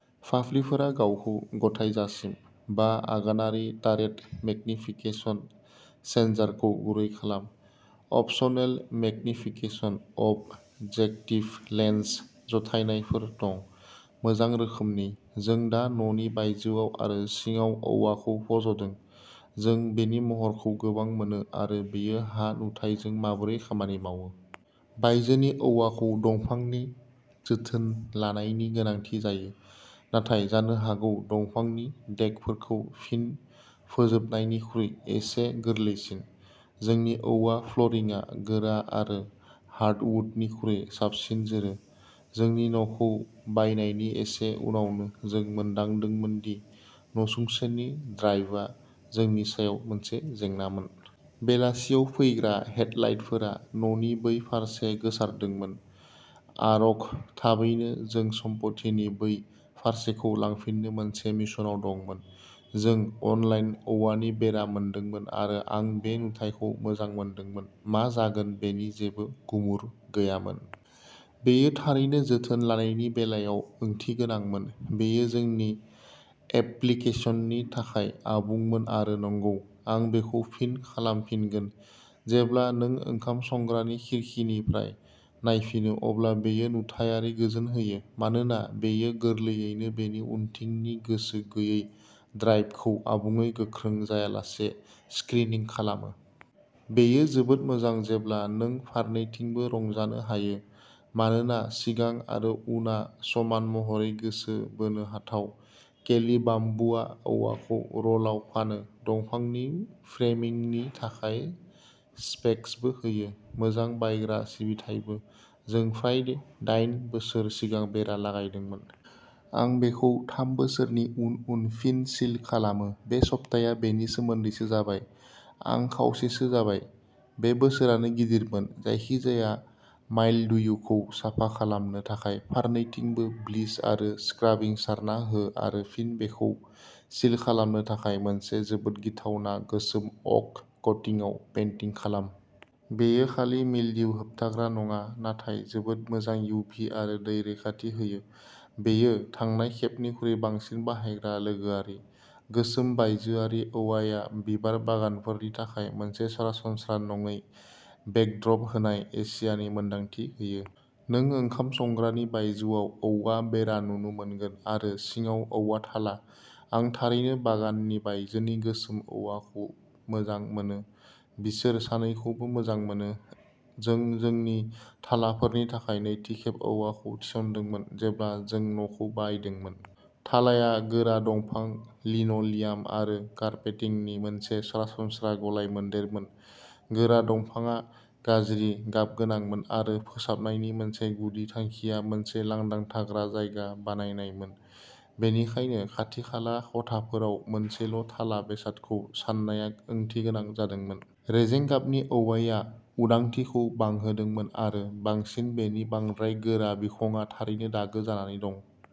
फाफ्लिफोरा गावखौ गथायजासिम। बा आगानारि टारेट मेगनिफिकेसन चेनजारखौ गुरै खालाम। अपसनेल मेगनिफिकेसन अब जेकटिभ लेन्स जथायनायफोर दं। मोजां रोखोमनि। जों दा न'नि बायजोआव आरो सिङाव औवाखौ फज'दों। जों बेनि महरखौ मोजां मोनो आरो बेयो हा नुथाइजों माबोरै खामानि मावो। बायजोनि औवाखौ दंफांनि जोथोन लानायनि गोनांथि जायो। नाथाय जानो हागौ दंफांनि देकफोरखौ फिन फोजोबनायनिख्रुइ एसे गोरलैसिन। जोंनि औवा फ्ल'रिंआ गोरा आरो हार्डवुडनिख्रुइ साबसिन जोरो। जोंनि न'खौ बायनायनि एसे उनावनो जों मोनदांदोंमोन दि नसुंसेनि ड्राइभआ जोंनि सायाव मोनसे जेंनामोन। बेलासियाव फैग्रा हेडलाइटफोरा न'नि बै फारसे गोसारदोंमोन। आरघ थाबैनो जों सम्पथिनि बै फारसेखौ लांफिननो मोनसे मिशनआव दंमोन। जों अनलाइन औवानि बेरा मोनदोंमोन आरो आं बे नुथायखौ मोजां मोनदोंमोन। मा जागोन बेनि जेबो गुमुर गैयामोन। बेयो थारैनो जोथोन लानायनि बेलायाव ओंथिगोनांमोन। बेयो जोंनि एप्लिकेसननि थाखाय आबुंमोन आरो नंगौ। आं बेखौ फिन खालामफिनगोन। जेब्ला नों ओंखाम संग्रानि खिरखिनिफ्राय नायफिनो अब्ला बेयो नुथायारि गोजोन होयो। मानोना बेयो गोरलैयैनो बेनि उनथिंनि गोसो गैयै ड्राइभखौ आबुङै गोख्रों जायालासे स्क्रिनिं खालामो। बेयो जोबोद मोजां जेब्ला नों फारनैथिंबो रंजानो हायो। मानोना सिगां आरो उनआ समान महरै गोसो बोनो हाथाव। केलि बाम्बुआ औवाखौ र'लआव फानो। दंफांनि फ्रेमिंगनि थाखाय स्पेक्सबो होयो। मोजां बायग्रा सिबिथाइबो। जों फ्राय दाइन बोसोर सिगां बेरा लागायदोंमोन। आं बेखौ थाम बोसोरनि उन उन फिन सिल खालामो। बे सप्ताया बेनि सोमोन्दैसो जाबाय। आं खावसेसो जाबाय। बे बोसोरानो गिदिरमोन। जायखिजाया माइलडयुखौ साफा खालामनो थाखाय फारनैथिंबो ब्लिच आरो स्क्राबिं सारना हो आरो फिन बेखौ सिल खालामनो थाखाय मोनसे जोबोद गिथावना गोसोम अक कटिंगआव पेन्टिं खालाम। बेयो खालि मिलदिउ होबथाग्रा नङा। नाथाय जोबोद मोजां इउभि आरो दै रैखाथि होयो। बेयो थांनाय खेबनिख्रुइ बांसिन बाहायग्रा लोगोआरि। गोसोम बायजोआरि औवाआ बिबार बागानफोरनि थाखाय मोनसे सरासनस्रा नङै बेकड्रप होनाय एशियानि मोन्दांथि होयो। नों ओंखाम संग्रानि बायजोआव औवा बेरा नुनो मोनगोन। आरो सिङाव औवा थाला। आं थारैनो बागाननि बायजोनि गोसोम औवाखौ मोजां मोनो। बिसोर सानैखौबो मोजां मोनो। जों जोंनि थालाफोरनि थाखाय नैथि खेब औवाखौ थिसनदोंमोन। जेब्ला जों न'खौ बायदोंमोन। थालाआ गोरा दंफां लिन' लियाम आरो कारपेटिंनि मोनसे सरासनस्रा गलायमोनदेरमोन। गोरा दंफांआ गाज्रि गाबगोनांमोन आरो फोसाबनायनि मोनसे गुदि थांखिया मोनसे लांदां थाग्रा जायगा बानायनायमोन। बेनिखायनो खाथि-खाला खथाफोराव मोनसेल' थाला बेसादखौ साननाया ओंथिगोनां जादोंमोन। रेजें गाबनि औवाआ उदांथिखौ बांहोदोंमोन आरो बांसिन बेनि बांद्राय गोरा बिखंआ थारैनो दागो जानानै दं।